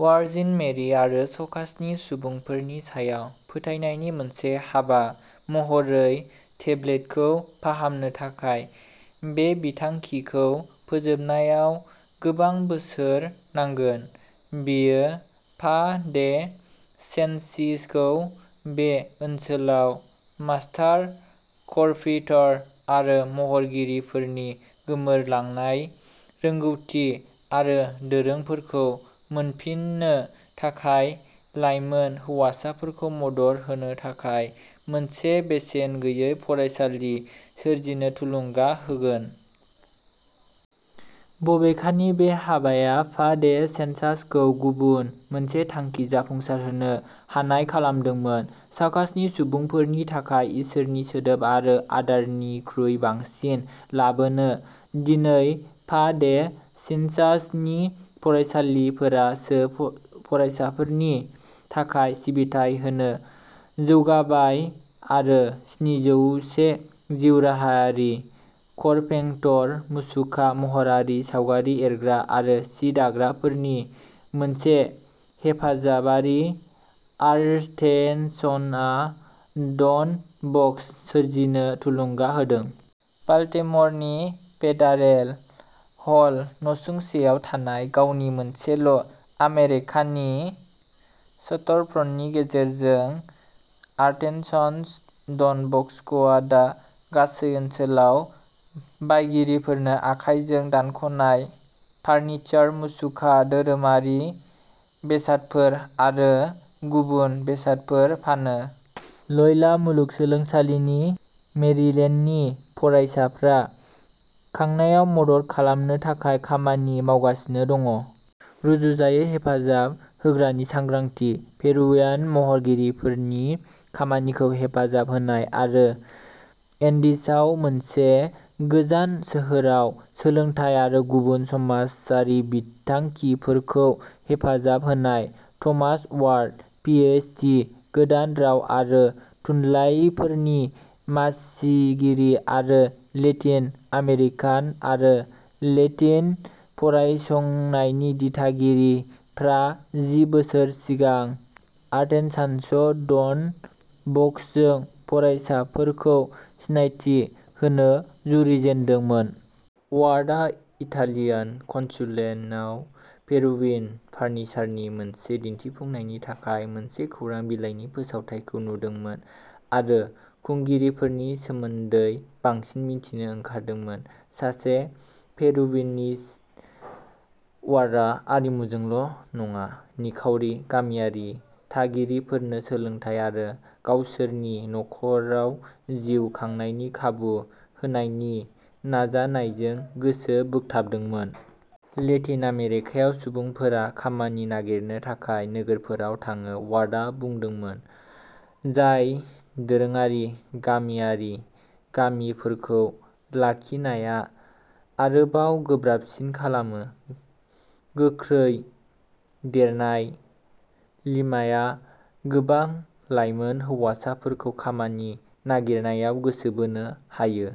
Virgin Mary आरो चाकासनि सुबुंफोरनि सायाव फोथायनायनि मोनसे हाबा महरै टेब्लोखौ फाहामनो थाखाय। बे बिथांखिखौ फोजोबनायाव गोबां बोसोर नांगोन। बेयो फा डे सेन्सिखौ बे ओनसोलाव मास्टार कारपेंटर आरो महरगिरिफोरनि गोमोरलांनाय रोंग'थि आरो दोरोंफोरखौ मोनफिन्नो थाखाय लाइमोन हौवासाफोरखौ मदद होनो थाखाय मोनसे बेसेन गैयै फरायसालि सोरजिनो थुलुंगा होगोन। बबेखानि, बे हाबाया फा डे सेन्सिखौ गुबुन मोनसे थांखि जाफुंसारहोनो हानाय खालामदोंमोन चाकासनि सुबुंफोरनि थाखाय इसोरनि सोदोब आरो आदारनिख्रुइ बांसिन लाबोनो। दिनै, फा डे सेन्सिनि फरायसालिफोरा सो फरायसाफोरनि थाखाय सिबिथाय होनो जौगाबाय आरो स्निजौसो जिउराहायारि कारपेंटर, मुसुखा महरगिरि, सावगारि एरग्रा आरो सि दाग्राफोरनि मोनसे हेफाजाबारि, आर्टेसान'स डन बस्क' सोरजिनो थुलुंगा होदों। बाल्टिम'रनि फेडारेल हिल नसुंसेआव थानाय गावनि मोनसेल' आमेरिकानि स्ट'रफ्रन्टनि गेजेरजों, आर्टेसान'स डन बस्क'आ दा गासै ओनसोलाव बायगिरिफोरनो आखाइजों दानख'नाय फार्निचार, मुसुखाफोर, धोरोमारि बेसादफोर आरो गुबुन बेसादफोर फानो। ल'य'ला मुलुगसोलोंसालि मेरिलेन्डनि फरायसाफ्रा खांनायाव मदद खालामनो थाखाय खामानि मावगासिनो दं। रुजुजायै हेफाजाब होग्रानि सांग्रांथि, पेरुवियान महरगिरिफोरनि खामानिखौ हेफाजाब होनाय आरो एन्डिजआव मोनसे गोजान सोहोराव सोलोंथाय आरो गुबुन समाजारि बिथांखिफोरखौ हेफाजाब होनाय। Thomas Ward, P H D, गोदान राव आरो थुनलाइफोरनि मासिगिरि आरो लेटिन आमेरिकान आरो लेटिन' फरायसंनायनि दिथागिरि, फ्राय जि बोसोर सिगां आर्टेसान'स डन बस्क'जों फरायसाफोरखौ सिनायथि होनो जुरिजेनदोंमोन। वार्डआ इटालियान कन्सुलेटआव पेरुवियान फार्निचारनि मोनसे दिन्थिफुंनायनि थाखाय मोनसे खौरां बिलाइनि फोसावथाइखौ नुदोंमोन आरो खुंगिरिफोरनि सोमोन्दै बांसिन मिथिनो ओंखारदोंमोन। सासे पेरुवियानिस्ट, वार्डआ आरिमुजोंल' नङा, निखावरि, गामियारि थागिरिफोरनो सोलोंथाय आरो गावसोरनि नख'राव जिउ खांनायनि खाबु होनायनि नाजानायजों गोसो बोगथाबदोंमोन। लेटिन आमेरिकायाव, सुबुंफोरा खामानि नागिरनो थाखाय नोगोरफोराव थाङो, वार्डआ बुंदोंमोन, जाय दोरोङारि, गामियारि गामिफोरखौ लाखिनाया आरोबाव गोब्राबसिन खालामो। गोख्रै देरनाय लिमाया गोबां लाइमोन हौवाफोरखौ खामानि नागिरनायाव गोसो बोनो हायो।